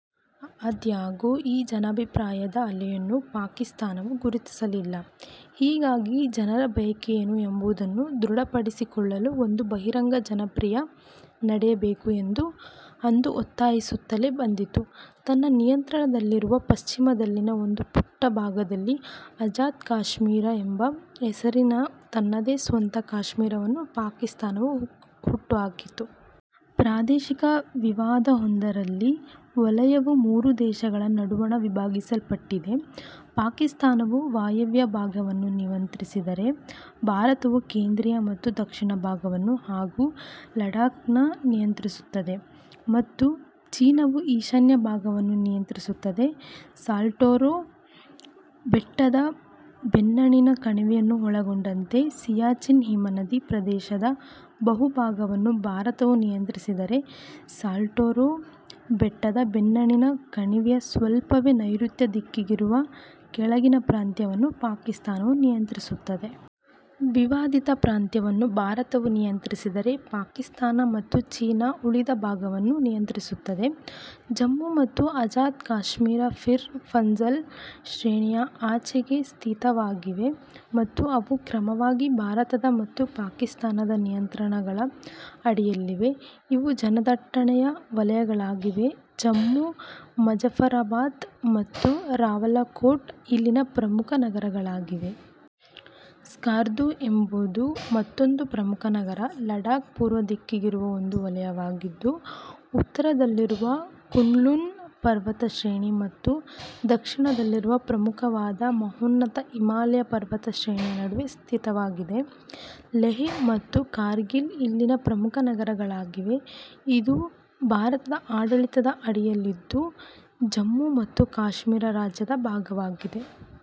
ಆದಾಗ್ಯೂ, ಈ ಜನಾಭಿಪ್ರಾಯದ ಅಲೆಯನ್ನು ಪಾಕಿಸ್ತಾನವು ಗುರುತಿಸಲಿಲ್ಲ. ಹೀಗಾಗಿ ಜನರ ಬಯಕೆಯೇನು ಎಂಬುದನ್ನು ದೃಢಪಡಿಸಿಕೊಳ್ಳಲು ಒಂದು ಬಹಿರಂಗ ಜನಾಭಿಪ್ರಾಯ ನಡೆಯಬೇಕು ಎಂದು ಅದು ಒತ್ತಾಯಿಸುತ್ತಲೇ ಬಂದಿತು. ತನ್ನ ನಿಯಂತ್ರಣದಲ್ಲಿರುವ ಪಶ್ಚಿಮದಲ್ಲಿನ ಒಂದು ಪುಟ್ಟ ಭಾಗದಲ್ಲಿ ಅಜಾದ್ ಕಾಶ್ಮೀರ ಎಂಬ ಹೆಸರಿನ ತನ್ನದೇ ಸ್ವಂತ ಕಾಶ್ಮೀರವನ್ನು ಪಾಕಿಸ್ತಾನವು ಹುಟ್ಟುಹಾಕಿತು. ಪ್ರಾದೇಶಿಕ ವಿವಾದವೊಂದರಲ್ಲಿ ವಲಯವು ಮೂರು ದೇಶಗಳ ನಡುವಣ ವಿಭಾಗಿಸಲ್ಪಟ್ಟಿದೆ: ಪಾಕಿಸ್ತಾನವು ವಾಯವ್ಯ ಭಾಗವನ್ನು ನಿಯಂತ್ರಿಸಿದರೆ, ಭಾರತವು ಕೇಂದ್ರೀಯ ಮತ್ತು ದಕ್ಷಿಣ ಭಾಗವನ್ನು ಹಾಗೂ ಲಡಾಖ್ನ್ನು ನಿಯಂತ್ರಿಸುತ್ತದೆ, ಮತ್ತು ಚೀನಾವು ಈಶಾನ್ಯ ಭಾಗವನ್ನು ನಿಯಂತ್ರಿಸುತ್ತದೆ. ಸಾಲ್ಟೋರೋ ಬೆಟ್ಟದ ಬೆನ್ನೇಣಿನ ಕಣಿವೆಯನ್ನು ಒಳಗೊಂಡಂತೆ ಸಿಯಾಚಿನ್ ಹಿಮನದಿ ಪ್ರದೇಶದ ಬಹುಭಾಗವನ್ನು ಭಾರತವು ನಿಯಂತ್ರಿಸಿದರೆ, ಸಾಲ್ಟೋರೋ ಬೆಟ್ಟದ ಬೆನ್ನೇಣಿನ ಕಣಿವೆಯ ಸ್ವಲ್ಪವೇ ನೈರುತ್ಯ ದಿಕ್ಕಿಗಿರುವ ಕೆಳಗಿನ ಪ್ರಾಂತ್ಯವನ್ನು ಪಾಕಿಸ್ತಾನವು ನಿಯಂತ್ರಿಸುತ್ತದೆ. ವಿವಾದಿತ ಪ್ರಾಂತ್ಯವನ್ನು ಭಾರತವು ನಿಯಂತ್ರಿಸಿದರೆ, ಪಾಕಿಸ್ತಾನ ಮತ್ತು ಚೀನಾ, ಉಳಿದ ಭಾಗವನ್ನು ನಿಯಂತ್ರಿಸುತ್ತವೆ. ಜಮ್ಮು ಮತ್ತು ಅಜಾದ್ ಕಾಶ್ಮೀರ, ಪೀರ್ ಪಂಜಾಲ್ ಶ್ರೇಣಿಯ ಆಚೆಗೆ ಸ್ಥಿತವಾಗಿವೆ, ಮತ್ತು ಅವು ಕ್ರಮವಾಗಿ ಭಾರತದ ಮತ್ತು ಪಾಕಿಸ್ತಾನದ ನಿಯಂತ್ರಣದ ಅಡಿಯಲ್ಲಿವೆ. ಇವು ಜನದಟ್ಟಣೆಯ ವಲಯಗಳಾಗಿವೆ. ಜಮ್ಮು, ಮುಝಾಫರಾಬಾದ್ ಮತ್ತು ರಾವಲಕೋಟ್ ಇಲ್ಲಿನ ಪ್ರಮುಖ ನಗರಗಳಾಗಿವೆ. ಸ್ಕಾರ್ದು ಎಂಬುದು ಮತ್ತೊಂದು ಪ್ರಮುಖ ನಗರ. ಲಡಾಖ್, ಪೂರ್ವದಿಕ್ಕಿಗಿರುವ ಒಂದು ವಲಯವಾಗಿದ್ದು, ಉತ್ತರದಲ್ಲಿರುವ ಕುನ್ಲುನ್ ಪರ್ವತಶ್ರೇಣಿ ಮತ್ತು ದಕ್ಷಿಣದಲ್ಲಿರುವ ಪ್ರಮುಖವಾದ ಮಹೋನ್ನತ ಹಿಮಾಲಯ ಪರ್ವತ ಶ್ರೇಣಿಯ ನಡುವೆ ಸ್ಥಿತವಾಗಿದೆ. ಲೆಹ್ ಮತ್ತು ಕಾರ್ಗಿಲ್ ಇಲ್ಲಿನ ಪ್ರಮುಖ ನಗರಗಳಾಗಿವೆ. ಇದು ಭಾರತದ ಆಡಳಿತದ ಅಡಿಯಲ್ಲಿದ್ದು, ಜಮ್ಮು ಮತ್ತು ಕಾಶ್ಮೀರ ರಾಜ್ಯದ ಭಾಗವಾಗಿದೆ.